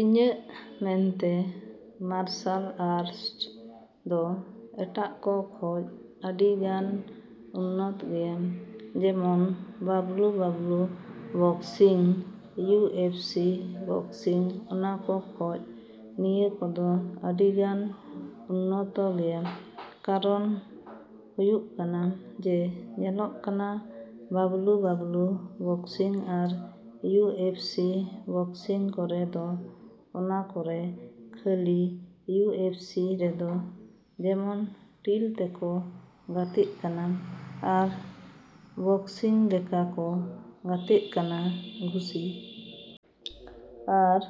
ᱤᱧᱟᱹᱜ ᱢᱮᱱᱛᱮ martial arts ᱫᱚ ᱮᱴᱟᱜ ᱠᱚ ᱠᱷᱚᱡ ᱟᱹᱰᱤᱜᱟᱱ ᱩᱱᱱᱚᱛ ᱜᱮᱭᱟ᱾ ᱡᱮᱢᱚᱱ W W boxing, U F C boxing ᱚᱱᱟ ᱠᱚ ᱠᱷᱚᱡ ᱱᱤᱭᱟᱹ ᱠᱚᱫᱚ ᱟᱹᱰᱤᱜᱟᱱ ᱩᱱᱱᱚᱛᱚ ᱜᱮᱭᱟ᱾ ᱠᱟᱨᱚᱱ ᱦᱩᱭᱩᱜ ᱠᱟᱱᱟ ᱡᱮ ᱧᱮᱞᱚᱜ ᱠᱟᱱᱟ ᱰᱟᱵᱞᱩ ᱰᱟᱵᱞᱩ ᱵᱚᱠᱥᱤᱝ ᱟᱨ ᱤᱭᱩ ᱮᱯᱷ ᱥᱤ ᱵᱚᱠᱥᱤᱝ ᱠᱚᱨᱮ ᱫᱚ ᱚᱱᱟ ᱠᱚᱨᱮ ᱠᱷᱟᱹᱞᱤ ᱤᱭᱩ ᱮᱯᱷ ᱥᱤ ᱨᱮᱫᱚ ᱡᱮᱢᱚᱱ ᱴᱤᱞ ᱛᱮᱠᱚ ᱜᱟᱛᱮᱜ ᱠᱟᱱᱟ, ᱟᱨ ᱵᱚᱠᱥᱤᱝ ᱞᱮᱠᱟ ᱠᱚ ᱜᱟᱛᱮᱜ ᱠᱟᱱᱟ ᱜᱷᱩᱥᱤ᱾ ᱟᱨ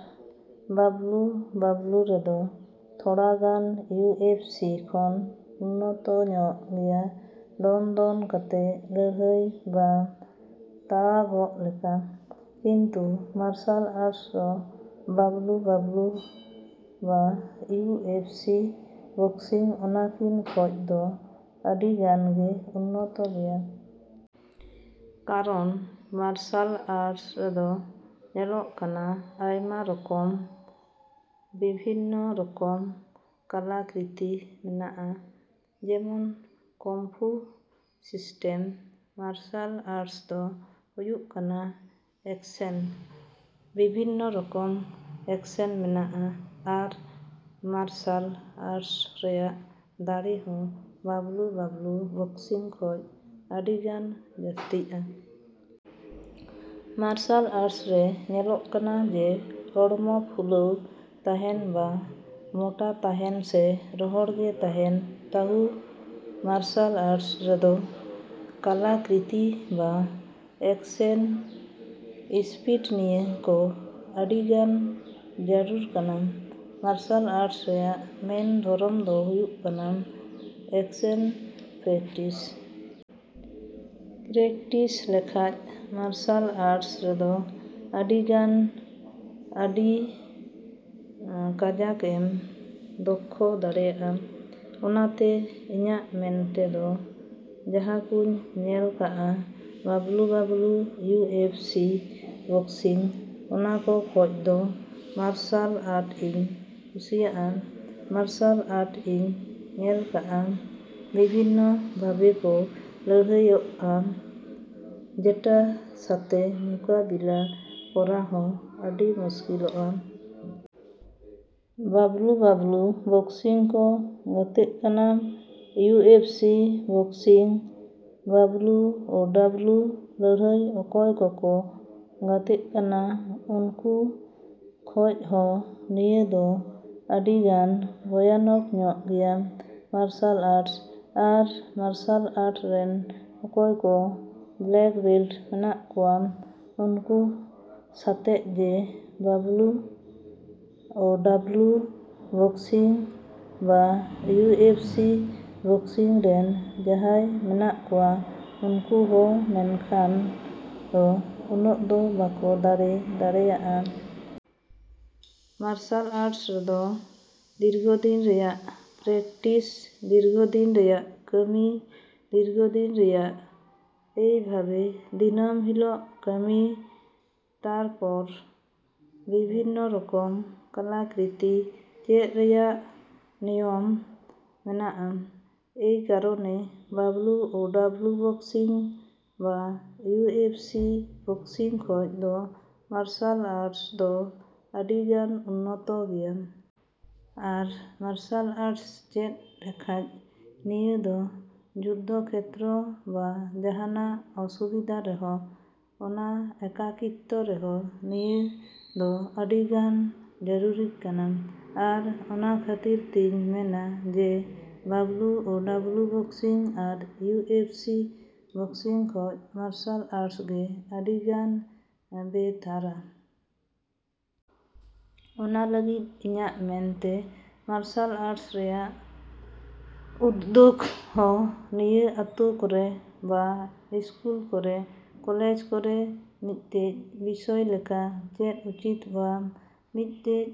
ᱰᱟᱵᱞᱩ ᱰᱟᱵᱞᱩ ᱨᱮᱫᱚ ᱛᱷᱚᱲᱟ ᱜᱟᱱ ᱤᱭᱩ ᱮᱯᱷ ᱥᱤ ᱠᱷᱚᱱ ᱩᱱᱱᱚᱛᱚ ᱧᱚᱜ ᱜᱮᱭᱟ ᱫᱚᱱ ᱫᱚᱱ ᱠᱟᱛᱮ ᱞᱟᱹᱲᱦᱟᱹᱭ ᱵᱟ ᱛᱟᱣᱟᱜᱚᱜ ᱞᱮᱠᱟ᱾ ᱠᱤᱱᱛᱩ ᱢᱟᱨᱥᱟᱞ ᱟᱨᱴᱥ ᱫᱚ ᱰᱟᱵᱞᱩ ᱰᱟᱵᱞᱩ ᱵᱟ ᱤᱭᱩ ᱮᱯᱷ ᱥᱤ ᱵᱚᱠᱥᱤᱝ ᱚᱱᱟ ᱠᱤᱱ ᱠᱷᱚᱡ ᱫᱚ ᱟᱹᱰᱤ ᱜᱟᱱ ᱜᱮ ᱩᱱᱱᱚᱛᱚ ᱜᱮᱭᱟ᱾ ᱠᱟᱨᱚᱱ ᱢᱟᱨᱥᱟᱞ ᱟᱨᱴᱥ ᱨᱮᱫᱚ ᱧᱮᱞᱚᱜ ᱠᱟᱱᱟ ᱟᱭᱢᱟ ᱨᱚᱠᱚᱢ ᱵᱤᱵᱷᱤᱱᱱᱚ ᱨᱚᱠᱚᱢ ᱠᱟᱞᱟ ᱠᱨᱤᱛᱤ ᱢᱮᱱᱟᱜᱼᱟ᱾ ᱡᱮᱢᱚᱱ ᱠᱚᱢᱯᱷᱩ ᱥᱤᱥᱴᱮᱢ, ᱢᱟᱨᱥᱟᱞ ᱟᱨᱴᱥ ᱫᱚ ᱦᱩᱭᱩᱜ ᱠᱟᱱᱟ ᱮᱠᱥᱮᱱ᱾ ᱵᱤᱵᱷᱤᱱᱱᱚ ᱨᱚᱠᱚᱢ ᱮᱠᱥᱮᱱ ᱢᱮᱱᱟᱜᱼᱟ, ᱟᱨ ᱢᱟᱨᱥᱟᱞ ᱟᱨᱴᱥ ᱨᱮᱭᱟᱜ ᱫᱟᱲᱮ ᱦᱚᱸ ᱰᱟᱵᱞᱩ ᱰᱟᱵᱞᱩ ᱵᱚᱠᱥᱤᱝ ᱠᱷᱚᱡ ᱟᱹᱰᱤᱜᱟᱱ ᱡᱟᱹᱥᱛᱤᱜᱼᱟ᱾ ᱢᱟᱨᱥᱟᱞ ᱟᱨᱴᱥ ᱨᱮ ᱧᱮᱞᱚᱜ ᱠᱟᱱᱟ ᱡᱮ ᱦᱚᱲᱢᱚ ᱯᱷᱩᱞᱟᱹᱣ ᱛᱟᱦᱮᱱ ᱵᱟ ᱢᱚᱴᱟ ᱛᱟᱦᱮᱱ ᱥᱮ ᱨᱚᱦᱚᱲ ᱜᱮ ᱛᱟᱦᱮᱱ ᱛᱟᱦᱩᱸ ᱢᱟᱨᱥᱟᱞ ᱟᱨᱴᱥ ᱨᱮᱫᱚ ᱠᱟᱞᱟ ᱠᱨᱤᱛᱤ ᱵᱟ ᱮᱠᱥᱮᱱ ᱤᱥᱯᱤᱰ ᱱᱤᱭᱟᱹ ᱠᱚ ᱟᱹᱰᱤᱜᱟᱱ ᱡᱟᱹᱨᱩᱲ ᱠᱟᱱᱟ᱾ ᱢᱟᱨᱥᱟᱞ ᱟᱨᱴᱥ ᱨᱮᱭᱟᱜ ᱢᱮᱱ ᱫᱷᱚᱨᱚᱢ ᱫᱚ ᱦᱩᱭᱩᱜ ᱠᱟᱱᱟ ᱮᱠᱥᱮᱱ ᱯᱨᱮᱠᱴᱤᱥ᱾ ᱯᱨᱮᱠᱴᱤᱥ ᱞᱮᱠᱷᱟᱡ ᱢᱟᱨᱥᱟᱞ ᱟᱨᱴᱥ ᱨᱮᱫᱚ ᱟᱹᱰᱤᱜᱟᱱ ᱟᱹᱰᱤ ᱠᱟᱡᱟᱠᱮᱢ ᱫᱚᱠᱠᱷᱚ ᱫᱟᱲᱮᱭᱟᱜᱼᱟ᱾ ᱚᱱᱟᱛᱮ ᱤᱧᱟᱹᱜ ᱢᱮᱱᱛᱮᱫᱚ ᱡᱟᱦᱟᱸᱠᱩᱧ ᱧᱮᱞ ᱠᱟᱜᱼᱟ W W U F C boxing, ᱚᱱᱟ ᱠᱚ ᱠᱷᱚᱡ ᱫᱚ ᱢᱟᱨᱥᱟᱞ ᱟᱨᱴᱤᱧ ᱠᱩᱥᱤᱣᱟᱜᱼᱟ᱾ ᱢᱟᱨᱥᱟᱞ ᱟᱨᱴᱨᱤᱧ ᱧᱮᱞ ᱠᱟᱫᱼᱟ ᱵᱤᱵᱷᱤᱱᱱᱚ ᱵᱷᱟᱵᱮ ᱠᱚ ᱞᱟᱹᱲᱦᱟᱹᱭᱚᱜᱼᱟ ᱡᱮᱴᱟ ᱥᱟᱛᱮ ᱢᱚᱠᱟᱵᱤᱞᱟ ᱠᱚᱨᱟ ᱦᱚᱸ ᱟᱹᱰᱤ ᱢᱩᱥᱠᱤᱞᱚᱜᱼᱟ᱾ ᱰᱟᱵᱞᱩ ᱰᱟᱵᱞᱩ ᱵᱚᱠᱥᱤᱝ ᱠᱚ ᱜᱟᱛᱮᱜ ᱠᱟᱱᱟ, U F C boxing, W ᱳᱰᱟᱵᱞᱩ ᱞᱟᱹᱲᱦᱟᱹᱭ ᱚᱠᱚᱭ ᱠᱚᱠᱚ ᱜᱟᱛᱮᱜ ᱠᱟᱱᱟ ᱩᱱᱠᱩ ᱠᱷᱚᱡ ᱦᱚᱸ ᱱᱤᱭᱟᱹ ᱫᱚ ᱟᱹᱰᱤ ᱜᱟᱱ ᱵᱷᱚᱭᱟᱱᱚᱠ ᱧᱚᱜ ᱜᱮᱭᱟ ᱢᱟᱨᱥᱟᱞ ᱟᱨᱴᱥ᱾ ᱟᱨ ᱢᱟᱨᱥᱟᱞ ᱟᱨᱴ ᱨᱮᱱ ᱚᱠᱚᱭ ᱠᱚ ᱵᱞᱮᱠ ᱵᱮᱞᱴ ᱢᱮᱱᱟᱜ ᱠᱚᱣᱟ ᱩᱱᱠᱩ ᱥᱟᱛᱮᱜ ᱡᱮ ᱰᱟᱵᱞᱩ ᱳᱰᱟᱵᱞᱩ ᱵᱚᱠᱥᱤᱝ ᱵᱟ ᱤᱭᱩ ᱮᱯᱷ ᱥᱤ ᱵᱚᱠᱥᱤᱝ ᱨᱮᱱ ᱡᱟᱦᱟᱸᱭ ᱢᱮᱱᱟᱜ ᱠᱚᱣᱟ ᱩᱱᱠᱩ ᱦᱚᱸ ᱢᱮᱱᱠᱷᱟᱱ ᱫᱚ ᱩᱱᱟᱹᱜ ᱫᱚ ᱵᱟᱠᱚ ᱫᱟᱲᱮ ᱫᱟᱲᱮᱣᱟᱜᱼᱟ᱾ ᱢᱟᱨᱥᱟᱞ ᱟᱨᱴᱥ ᱨᱮᱫᱚ ᱫᱤᱨᱜᱷᱚᱫᱤᱱ ᱨᱮᱭᱟᱜ ᱯᱨᱮᱠᱴᱤᱥ, ᱫᱤᱨᱜᱷᱚ ᱫᱤᱱ ᱨᱮᱭᱟᱜ ᱠᱟᱹᱢᱤ, ᱫᱤᱨᱜᱷᱚ ᱫᱤᱱ ᱨᱮᱭᱟᱜ ᱮᱭᱵᱷᱟᱵᱮ ᱫᱤᱱᱟᱹᱢ ᱦᱤᱞᱳᱚᱜ ᱠᱟᱹᱢᱤ, ᱛᱟᱨᱯᱚᱨ ᱵᱤᱵᱷᱤᱱᱚ ᱨᱚᱠᱚᱢ ᱠᱟᱞᱟ ᱠᱨᱤᱛᱤ ᱪᱮᱫ ᱨᱮᱭᱟᱜ ᱱᱤᱭᱚᱢ ᱢᱮᱱᱟᱜᱼᱟ᱾ ᱮᱭ ᱠᱟᱨᱚᱱᱮ ᱰᱟᱵᱞᱩ ᱳᱰᱟᱵᱞᱩ ᱵᱚᱠᱥᱤᱝ ᱵᱟ ᱤᱭᱩ ᱮᱯᱷ ᱥᱤ ᱵᱚᱠᱥᱤᱝ ᱠᱷᱚᱡ ᱫᱚ ᱢᱟᱨᱥᱟᱞ ᱟᱨᱴᱥ ᱫᱚ ᱟᱹᱰᱤᱜᱟᱱ ᱩᱱᱱᱚᱛᱚ ᱜᱮᱭᱟ᱾ ᱟᱨ ᱢᱟᱨᱥᱟᱞ ᱟᱨᱴᱥ ᱪᱮᱫ ᱞᱮᱠᱷᱟᱡ ᱱᱤᱭᱟᱹ ᱫᱚ ᱡᱩᱫᱽᱫᱷᱚ ᱠᱷᱮᱛᱨᱚ ᱵᱟ ᱡᱟᱦᱟᱱᱟᱜ ᱚᱥᱩᱵᱤᱫᱟ ᱨᱮᱦᱚᱸ, ᱚᱱᱟ ᱮᱠᱟᱠᱤᱛᱛᱚ ᱨᱮᱦᱚᱸ ᱱᱤᱭᱟᱹ ᱫᱚ ᱟᱹᱰᱤᱜᱟᱱ ᱡᱟᱹᱨᱩᱨᱤᱜ ᱠᱟᱱᱟ᱾ ᱟᱨ ᱚᱱᱟ ᱠᱷᱟᱹᱛᱤᱨ ᱛᱤᱧ ᱢᱮᱱᱟ ᱡᱮ ᱰᱟᱵᱞᱩ ᱳᱰᱟᱵᱞᱩ ᱵᱚᱠᱥᱤᱝ ᱟᱨ ᱤᱭᱩ ᱮᱯᱷ ᱥᱤ ᱵᱚᱠᱥᱤᱝ ᱠᱷᱚᱡ ᱢᱟᱨᱥᱟᱞ ᱟᱨᱴᱥ ᱜᱮ ᱟᱹᱰᱤ ᱜᱟᱱ ᱵᱮᱦᱛᱟᱨᱟ᱾ ᱚᱱᱟ ᱞᱟᱹᱜᱤᱫ ᱤᱧᱟᱹᱜ ᱢᱮᱱᱛᱮ ᱢᱟᱨᱥᱟᱞ ᱟᱨᱴᱥ ᱨᱮᱭᱟᱜ ᱩᱫᱽᱫᱳᱜᱽ ᱦᱚᱸ ᱱᱤᱭᱟᱹ ᱟᱛᱳ ᱠᱚᱨᱮ ᱵᱟ ᱤᱥᱠᱩᱞ ᱠᱚᱨᱮ, ᱠᱚᱞᱮᱡᱽ ᱠᱚᱨᱮ ᱢᱤᱫᱴᱮᱡ ᱵᱤᱥᱚᱭ ᱞᱮᱠᱟ ᱪᱮᱫ ᱩᱪᱤᱛ ᱵᱟ ᱢᱤᱫᱴᱮᱡ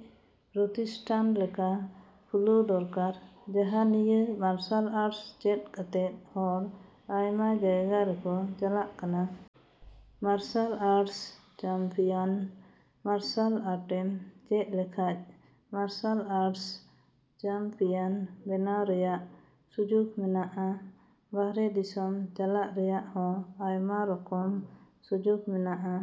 ᱯᱨᱚᱛᱤᱥᱴᱷᱟᱱ ᱞᱮᱠᱟ ᱠᱷᱩᱞᱟᱹᱣ ᱫᱚᱨᱠᱟᱨ᱾ ᱡᱟᱦᱟᱸ ᱱᱤᱭᱟᱹ ᱢᱟᱨᱥᱟᱞ ᱟᱨᱴᱥ ᱪᱮᱫ ᱠᱟᱛᱮ ᱦᱚᱲ ᱟᱭᱢᱟ ᱡᱟᱭᱜᱟ ᱨᱚᱠᱚ ᱪᱟᱞᱟᱜ ᱠᱟᱱᱟ᱾ ᱢᱟᱨᱥᱟᱞ ᱟᱨᱴᱥ ᱪᱟᱢᱯᱤᱭᱟᱱ, ᱢᱟᱨᱥᱟᱞ ᱟᱨᱴᱮᱢ ᱪᱮᱫ ᱞᱮᱠᱷᱟᱡ ᱢᱟᱨᱥᱟᱞ ᱟᱨᱴᱥ ᱪᱟᱢᱯᱤᱭᱟᱱ ᱵᱮᱱᱟᱣ ᱨᱮᱭᱟᱜ ᱥᱩᱡᱳᱜᱽ ᱢᱮᱱᱟᱜᱼᱟ᱾ ᱵᱟᱨᱦᱮ ᱫᱤᱥᱚᱢ ᱪᱟᱞᱟᱜ ᱨᱮᱭᱟᱜ ᱦᱚᱸ ᱟᱭᱢᱟ ᱨᱚᱠᱚᱢ ᱥᱩᱡᱳᱜᱽ ᱢᱮᱱᱟᱜᱼᱟ᱾